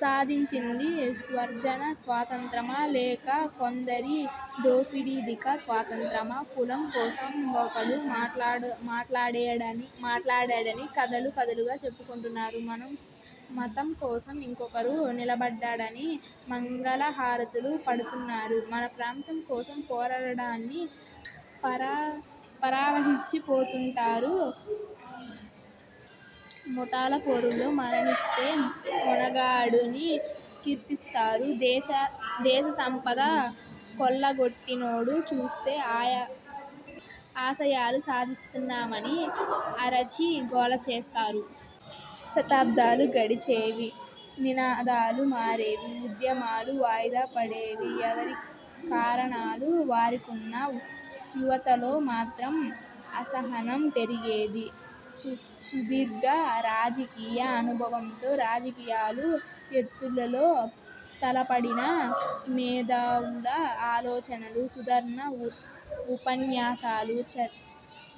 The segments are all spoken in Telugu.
సాధించింది సర్వజన స్వతంత్రమా లేక కొందరి దోపిడీకి స్వతంత్రతా? కులం కోసం ఒకడు కొట్లాడాడని కథలు కథలుగా చెప్పుకుంటారు. మతం కోసం మరొకడు నిలబడ్డాడని మంగళహారతులు పడతారు. మన ప్రాంతం కోసం పోరాడాడని పరవశించిపోతుంటారు. ముఠాల పోరులో మరణిస్తే మొనగాడని కీర్తిస్తారు. దేశ సంపద కొల్లగొట్టినోడు చుస్తే ఆశయాలు సాధిస్తూమని అరచి గోల చేస్తారు. దశాబ్దాలు గడిచేవి. నినాదాలు మారేవి. ఉద్యమాలు వాయిదా పడేవి. ఎవరి కారణాలు వారికున్నా, యువతలో మాత్రం అసహనం పెరిగేది. సుదీర్ఘ రాజకీయ అనుభవంతో రాజకీయపు ఎత్తులతో తలపండిన మేధావుల ఆలోచనలు, సుదీర్ఘ ఉపన్యాసాలు,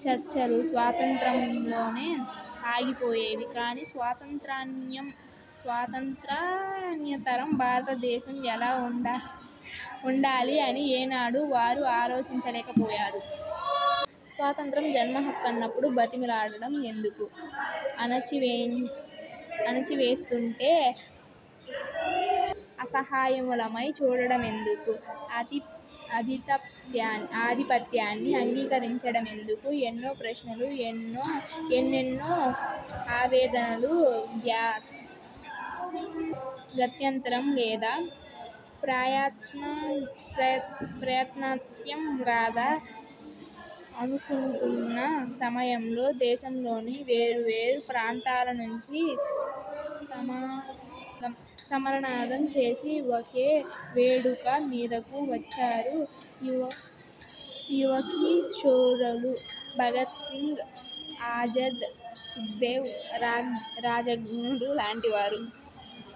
చర్చలు, స్వాతంత్ర్యంతోనే ఆగిపోయేవి కాని స్వాతంత్ర్యానంతరం భారతదేశం ఎలా ఉండాలి అని ఏనాడూ వారు ఆలోచించలేకపోయారు. స్వతంత్రం జన్మహక్కైనప్పుడు బ్రతిమాలడం ఎందుకు? అణచివేస్తుంటే అసహాయులమై చూడడమెందుకు? ఆధిపత్యాన్ని అంగీకరించడమెందుకు? ఎన్నో ప్రశ్నలు. ఎన్నెన్నో ఆవేదనలు. గత్యంతరం లేదా? ప్రత్యామ్నాయం రాదా? అనుకుంటున్న సమయంలో దేశంలోని వేర్వేరు ప్రాంతాల నుంచి సమరనాదం చేసి ఒకే వేడుక మీదకు వచ్చారు యువకిశోరాలు భగత్సింగ్, ఆజాద్, సుఖ్దేవ్, రాజ్గురు లాంటి వారు.